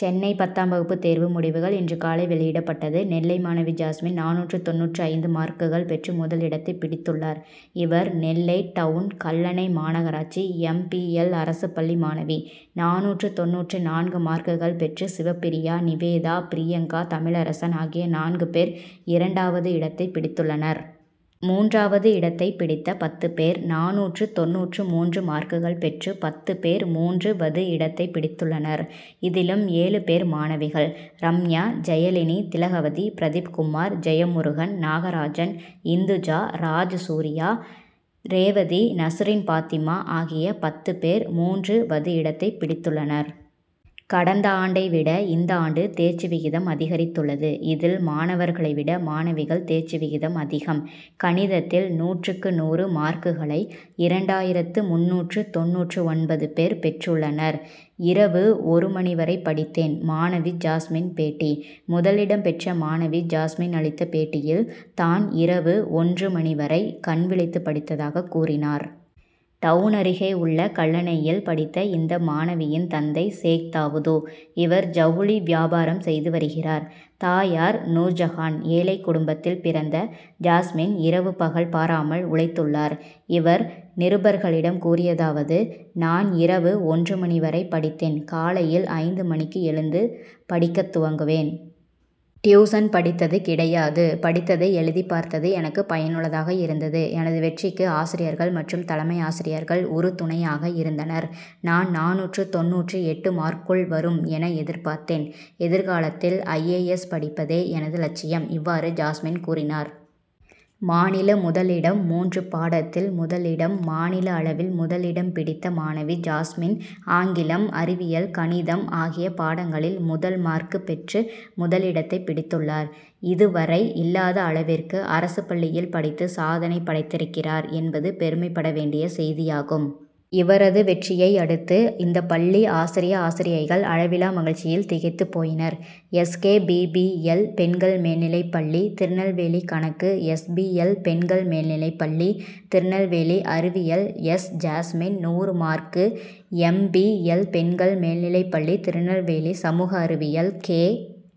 சென்னை பத்தாம் வகுப்பு தேர்வு முடிவுகள் இன்று காலை வெளியிடப்பட்டது. நெல்லை மாணவி ஜாஸ்மின் நானூற்று தொண்ணூற்று ஐந்து மார்க்குகள் பெற்று முதலிடத்தை பிடித்துள்ளார். இவர் நெல்லை டவுண் கல்லணை மாநகராட்சி எம். பி. எல்., அரசுப் பள்ளி மாணவி. நானூற்று தொண்ணூற்று நான்கு மார்க்குகள் பெற்று சிவப்பிரியா, நிவேதா, பிரியங்கா, தமிழரசன், ஆகிய நான்கு பேர் இரண்டாவது இடத்தை பிடித்துள்ளனர். மூன்றாவது இடத்தை பிடித்த பத்து பேர்: நானூற்று தொண்ணூற்று மூன்று மார்க்குகள் பெற்று பத்து பேர் மூன்று வது இடத்தை பிடித்துள்ளனர். இதிலும் ஏழு பேர் மாணவிகள். ரம்யா, ஜெயலினி, திலகவதி, பிரதீப்குமார், ஜெயமுருகன், நாகராஜன், இந்துஜா, ராஜ்சூர்யா, ரேவதி, நசுரின்பாத்திமா, ஆகிய பத்து பேர் மூன்று வது இடத்தை பிடித்துள்ளனர். கடந்த ஆண்டை விட இந்த ஆண்டு தேர்ச்சி விகிதம் அதிகரித்துள்ளது. இதில் மாணவர்களை விட மாணவிகள் தேர்ச்சி விகிதம் அதிகம். கணிதத்தில் நூற்றுக்கு நூறு மார்க்குகளை இரண்டாயிரத்து முந்நூற்று தொண்ணூற்று ஒன்பது பேர் பெற்றுள்ளனர். இரவு ஒரு மணி வரை படித்தேன் மாணவி ஜாஸ்மின் பேட்டி முதலிடம் பெற்ற மாணவி ஜாஸ்மின் அளித்த பேட்டியில், தான் இரவு ஒன்று மணி வரை கண்விழித்து படித்ததாக கூறினார். டவுண் அருகே உள்ள கல்லணையில் படித்த இந்த மாணவியின் தந்தை சேக்தாவூது. இவர் ஜவுளி வியாபாரம் செய்து வருகிறார். தாயார் நூர்ஜகான். ஏழைக்குடும்பத்தில் பிறந்த ஜாஸ்மின் இரவு பகல் பாராமல் உழைத்துள்ளார். இவர் நிருபர்களிடம் கூறியதாவது: நான் இரவு ஒன்று மணி வரை படித்தேன். காலையில் ஐந்து மணிக்கு எழுந்து படிக்கத்துவங்குவேன். டியூஷன் படித்தது கிடையாது. படித்ததை எழுதிபார்த்தது எனக்கு பயனுள்ளதாக இருந்தது. எனது வெற்றிக்கு ஆசிரியர்கள் மற்றும் தலைமை ஆசிரியர்கள் உறு துணையாக இருந்தனர். நான் நானூற்று தொண்ணூற்று எட்டு மார்க்குள் வரும் என எதிர்பார்த்தேன். எதிர்காலத்தில் ஐ. ஏ. எஸ்., படிப்பதே எனது இலட்சியம். இவ்வாறு ஜாஸ்மின் கூறினார். மாநில முதலிடம் மூன்று பாடத்தில் முதலிடம் மாநில அளவில் முதலிடம் பிடித்த மாணவி ஜாஸ்மின் ஆங்கிலம், அறிவியல், கணிதம் ஆகிய பாடங்களில் முதல் மார்க்கு பெற்று முதலிடத்தை பிடித்துள்ளார். இது வரை இல்லாத அளவிற்கு அரசுப்பள்ளியில் படித்து சாதனை படைத்திருக்கிறார் என்பது பெருமைபட வேண்டிய செய்தியாகும். இவரது வெற்றியை அடுத்து இந்தப்பள்ளி ஆசிரிய, ஆசிரியைகள் அளவிலா மகிழ்ச்சியில் திகைத்து போயினர். S. K. P. P. L. பெண்கள் மேல்நிலைப்பள்ளி, திருநெல்வேலிகணக்கு எஸ். பி. எல். பெண்கள் மேல்நிலைப்பள்ளி, திருநெல்வேலிஅறிவியல் எஸ். ஜாஸ்மின், நூறு மார்க்கு, எம். பி. எல். பெண்கள் மேல்நிலைப்பள்ளி, திருநெல்வேலிசமூக அறிவியல் K.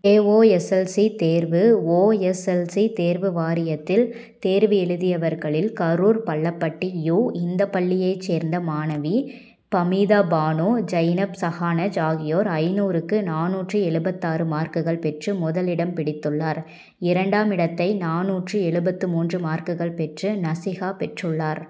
K. O. S. L. C., தேர்வு ஓ. எஸ். எல். சி., தேர்வு வாரியத்தில், தேர்வு எழுதியவர்களில் கரூர் பள்ளப்பட்டி யு. இந்தப் பள்ளியைச் சேர்ந்த மாணவி பமீதா பாணு, ஜயினப் சஹானஜ் ஆகியோர் ஐந்நூறுக்கு நானூற்று எழுபத்தாறு மார்க்குகள் பெற்று முதலிடம் பிடித்துள்ளார். இரண்டாம் இடத்தை நானூற்று எழுபத்து மூன்று மார்க்குகள் பெற்று நசிஹா பெற்றுள்ளார்.